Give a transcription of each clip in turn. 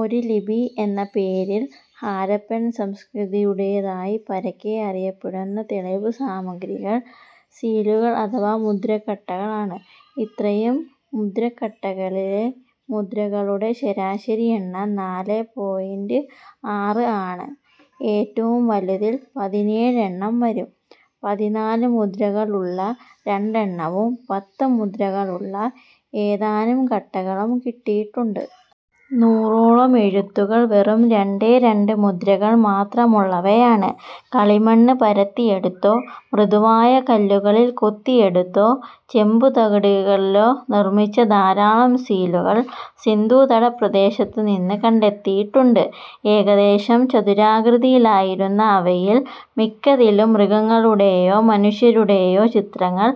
ഒരു ലിപി എന്ന പേരിൽ ഹാരപ്പൻ സംസ്കൃതിയുടേതായി പരക്കെ അറിയപ്പെടുന്ന തെളിവുസാമഗ്രികൾ സീലുകൾ അഥവാ മുദ്രക്കട്ടകൾ ആണ്. ഇത്രയും മുദ്രക്കട്ടകളിലെ മുദ്രകളുടെ ശരാശരി എണ്ണം നാല് പോയിന്റ് ആറ് ആണ്. ഏറ്റവും വലുതിൽ പതിനേഴ് എണ്ണം വരും. പതിനാലു മുദ്രകളുള്ള രണ്ടെണ്ണവും പത്ത് മുദ്രകളുള്ള ഏതാനും കട്ടകളും കിട്ടിയിട്ടുണ്ട്. നൂറോളം എഴുത്തുകൾ വെറും രണ്ടേ രണ്ട് മുദ്രകൾ മാത്രമുള്ളവയാണ്. കളിമണ്ണ് പരത്തിയെടുത്തോ, മൃദുവായ കല്ലുകളിൽ കൊത്തിയെടുത്തോ, ചെമ്പുതകിടുകളിലോ നിർമ്മിച്ച ധാരാളം സീലുകൾ സിന്ധുതടപ്രദേശത്തുനിന്ന് കണ്ടെത്തിയിട്ടുണ്ട്. ഏകദേശം ചതുരാകൃതിയിലായിരുന്ന അവയിൽ മിക്കതിലും മൃഗങ്ങളുടേയോ മനുഷ്യരുടേയോ ചിത്രങ്ങൾ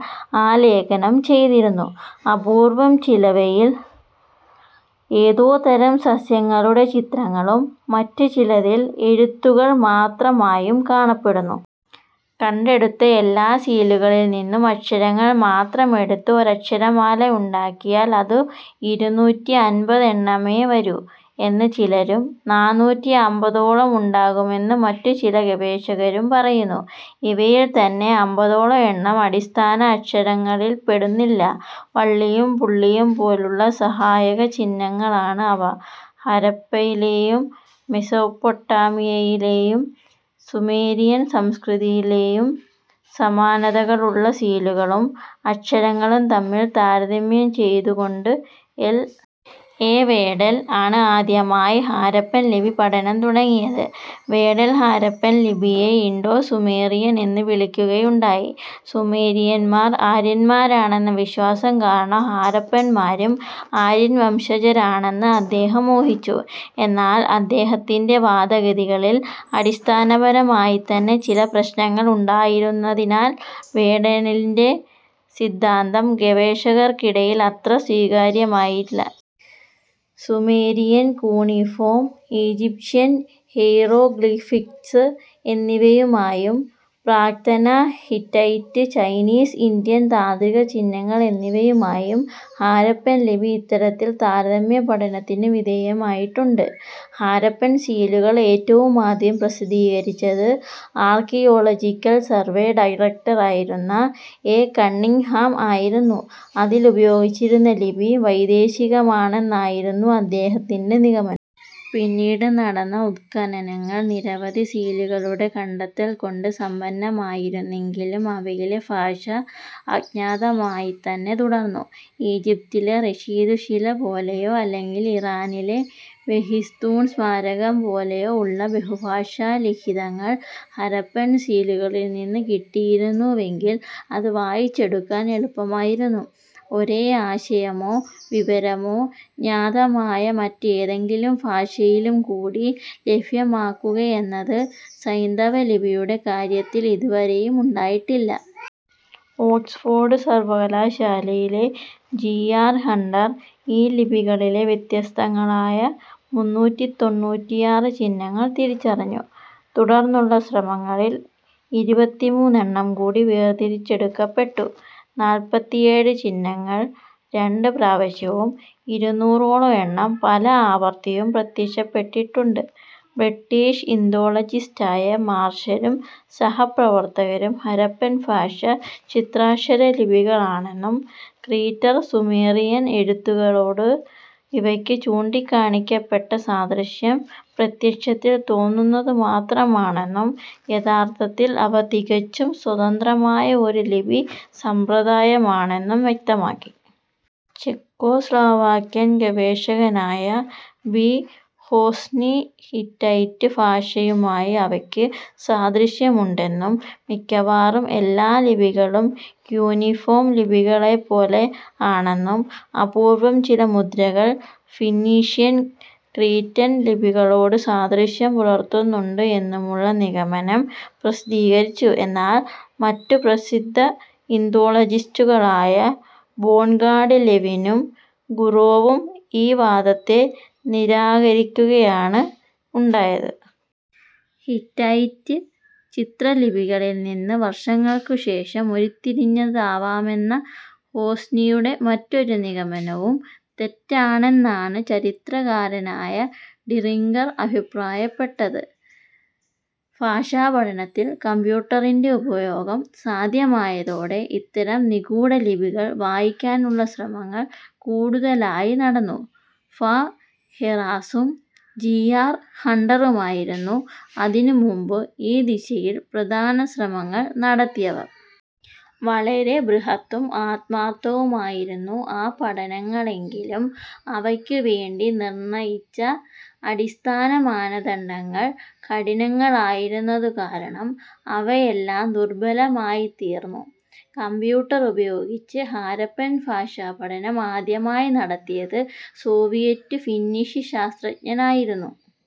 ആലേഖനം ചെയ്തിരുന്നു. അപൂർവം ചിലവയിൽ ഏതോ തരം സസ്യങ്ങളുടെ ചിത്രങ്ങളും മറ്റു ചിലതിൽ എഴുത്തുകൾ മാത്രമായും കാണപ്പെടുന്നു. കണ്ടെടുത്ത എല്ലാ സീലുകളിൽനിന്നും അക്ഷരങ്ങൾ മാത്രമെടുത്ത് ഒരക്ഷരമാലയുണ്ടാക്കിയാൽ അത് ഇരുന്നൂറ്റി അമ്പത് എണ്ണമേ വരൂ എന്ന് ചിലരും നാനൂറ്റി അമ്പതോളം ഉണ്ടാവുമെന്ന് മറ്റു ചില ഗവേഷകരും പറയുന്നു. ഇവയിൽത്തന്നെ അമ്പതോളം എണ്ണം അടിസ്ഥാന അക്ഷരങ്ങളിൽപ്പെടുന്നില്ല. വള്ളിയും പുള്ളിയും പോലുള്ള സഹായക ചിഹ്നങ്ങളാണ് അവ. ഹരപ്പയിലേയും മെസോപൊട്ടേമിയയിലേയും സുമേരിയൻ സംസ്കൃതിയിലേയും സമാനതകളുള്ള സീലുകളും അക്ഷരങ്ങളും തമ്മിൽ താരതമ്യം ചെയ്തുകൊണ്ട് എൽ. എ. വേഡൽ ആണ് ആദ്യമായി ഹാരപ്പൻ ലിപി പഠനം തുടങ്ങിയത്. വേഡൽ ഹാരപ്പൻ ലിപിയെ ഇൻഡോ സുമേറിയൻ എന്നു വിളിക്കുകയുണ്ടായി. സുമേരിയന്മാർ ആര്യന്മാരാണെന്ന വിശ്വാസം കാരണം ഹാരപ്പന്മാരും ആര്യൻ വംശജരാണെന്ന് അദ്ദേഹം ഊഹിച്ചു. എന്നാൽ അദ്ദേഹത്തിൻ്റെ വാദഗതികളിൽ അടിസ്ഥാനപരമായിത്തന്നെ ചില പ്രശ്നങ്ങൾ ഉണ്ടായിരുന്നതിനാൽ വേഡലിൻ്റെ സിദ്ധാന്തം ഗവേഷകർക്കിടയിൽ അത്ര സ്വീകാര്യമായില്ല. സുമേരിയൻ കൂണിഫോം, ഈജിപ്ഷ്യൻ ഹേയ്റോഗ്ലിഫിക്സ് എന്നിവയുമായും പ്രാക്തന ഹിറൈറ്റ്, ചൈനീസ്, ഇന്ത്യൻ താന്ത്രിക ചിഹ്നങ്ങൾ എന്നിവയുമായും ഹാരപ്പൻ ലിപി ഇത്തരത്തിൽ താരതമ്യപഠനത്തിനു വിധേയമായിട്ടുണ്ട്. ഹാരപ്പൻ സീലുകൾ ഏറ്റവുമാദ്യം പ്രസിദ്ധീകരിച്ചത് ആർക്കിയോളജിക്കൽ സർവേ ഡയറക്റ്ററായിരുന്ന എ. കണ്ണിങ്ങ്ഹാം ആയിരുന്നു. അതിൽ ഉപയോഗിച്ചിരിക്കുന്ന ലിപി വൈദേശികമാണെന്നായിരുന്നു അദ്ദേഹത്തിൻ്റെ നിഗമനം. പിന്നീട് നടന്ന ഉത്ഖനനങ്ങൾ നിരവധി സീലുകളുടെ കണ്ടെത്തൽകൊണ്ട് സമ്പന്നമായിരുന്നെങ്കിലും അവയിലെ ഭാഷ അജ്ഞാതമായിത്തന്നെ തുടർന്നു. ഈജിപ്തിലെ റഷീദു ശില പോലെയോ അല്ലെങ്കിൽ ഇറാനിലെ ബെഹിസ്തൂൻ സ്മാരകം പോലെയോ ഉള്ള ബഹുഭാഷാലിഖിതങ്ങൾ ഹരപ്പൻ സീലുകളിൽനിന്ന് കിട്ടിയിരുന്നുവെങ്കിൽ അത് വായിച്ചെടുക്കാൻ എളുപ്പമാകുമായിരുന്നു. ഒരേ ആശയമോ വിവരമോ ജ്ഞാതമായ മറ്റേതെങ്കിലും ഭാഷയിലുംകൂടി ലഭ്യമാകുകയെന്നത് സൈന്ധവലിപിയുടെ കാര്യത്തിൽ ഇതുവരെയും ഉണ്ടായിട്ടില്ല. ഓക്സ്ഫോർഡ് സർവകലാശാലയിലെ ജി. ആർ. ഹണ്ടർ ഈ ലിപികളിലെ വ്യത്യസ്തങ്ങളായ മുന്നൂറ്റി തൊണ്ണൂറ്റിയാറ് ചിഹ്നങ്ങൾ തിരിച്ചറിഞ്ഞു. തുടർന്നുള്ള ശ്രമങ്ങളിൽ ഇരുപത്തിമൂന്ന് എണ്ണം കൂടി വേർതിരിച്ചെടുക്കപ്പെട്ടു. നാൽപ്പത്തിയേഴ് ചിഹ്നങ്ങൾ രണ്ട് പ്രാവശ്യവും ഇരുന്നൂറോളം എണ്ണം പല ആവർത്തിയും പ്രത്യക്ഷപ്പെട്ടിട്ടുണ്ട്. ബ്രിട്ടിഷ് ഇന്തോളജിസ്റ്റായ മാർഷലും സഹപ്രവർത്തകരും ഹരപ്പൻ ഭാഷ ചിത്രാക്ഷരലിപികളാണെന്നും ക്രീറ്റൻ സുമേറിയൻ എഴുത്തുകളോട് ഇവയ്ക്ക് ചൂണ്ടിക്കാണിക്കപ്പെട്ട സാദൃശ്യം പ്രത്യക്ഷത്തിൽ തോന്നുന്നതുമാത്രമാണെന്നും യഥാർഥത്തിൽ അവ തികച്ചും സ്വതന്ത്രമായ ഒരു ലിപി സമ്പ്രദായമാണെന്നും വ്യക്തമാക്കി. ചെക്കോസ്ലാവാക്യൻ ഗവേഷകനായ ബി. ഹോസ്നി ഹിറൈറ്റ് ഭാഷയുമായി അവക്ക് സാദൃശ്യമുണ്ടെന്നും, മിക്കവാറും എല്ലാ ലിപികളും ക്യൂനിഫോം ലിപികളെപ്പോലെ ആണെന്നും അപൂർവം ചില മുദ്രകൾ ഫിന്നീഷ്യൻ ക്രീറ്റൻ ലിപികളോടും സാദൃശ്യം പുലർത്തുന്നുണ്ട് എന്നുമുള്ള നിഗമനം പ്രസിദ്ധീകരിച്ചു. എന്നാൽ മറ്റു പ്രസിദ്ധ ഇന്തോളജിസ്റ്റുകളായ ബോൺഗാഡ് ലെവിനും ഗുറോവും ഈ വാദത്തെ നിരാകരിക്കുകയാണ് ഉണ്ടായത്. ഹിറ്റായിറ്റ് ചിത്രലിപികളിൽ നിന്ന് വർഷങ്ങൾക്കു ശേഷം ഉരുത്തിരിഞ്ഞതാവാമെന്ന ഹോസ്നിയുടെ മറ്റൊരു നിഗമനവും തെറ്റാണെന്നാണ് ചരിത്രകാരനായ ഡിറിംഗർ അഭിപ്രായപ്പെട്ടത്. ഭാഷാപഠനത്തിൽ കമ്പ്യൂട്ടറിൻ്റെ ഉപയോഗം സാധ്യമായതോടെ ഇത്തരം നിഗൂഢലിപികൾ വായിക്കാനുള്ള ശ്രമങ്ങൾ കൂടുതലായി നടന്നു. ഫാ. ഹെറാസും ജി. ആർ. ഹണ്ടറുമായിരുന്നു അതിനു മുമ്പ് ഈ ദിശയിൽ പ്രധാന ശ്രമങ്ങൾ നടത്തിയവർ. വളരെ ബൃഹത്തും ആത്മാർഥവുമായിരുന്നു ആ പഠനങ്ങളെങ്കിലും അവക്കുവേണ്ടി നിർണയിച്ച അടിസ്ഥാനമാനദണ്ഡങ്ങൾ കഠിനങ്ങളായിരുന്നതുകാരണം അവയെല്ലാം ദുർബലമായിത്തീർന്നു. കമ്പ്യൂട്ടർ ഉപയോഗിച്ച് ഹാരപ്പൻ ഭാഷാ പഠനം ആദ്യമായി നടത്തിയത് സോവിയറ്റ് ഫിന്നിഷ് ശാസ്ത്രജ്ഞനായിരുന്നു.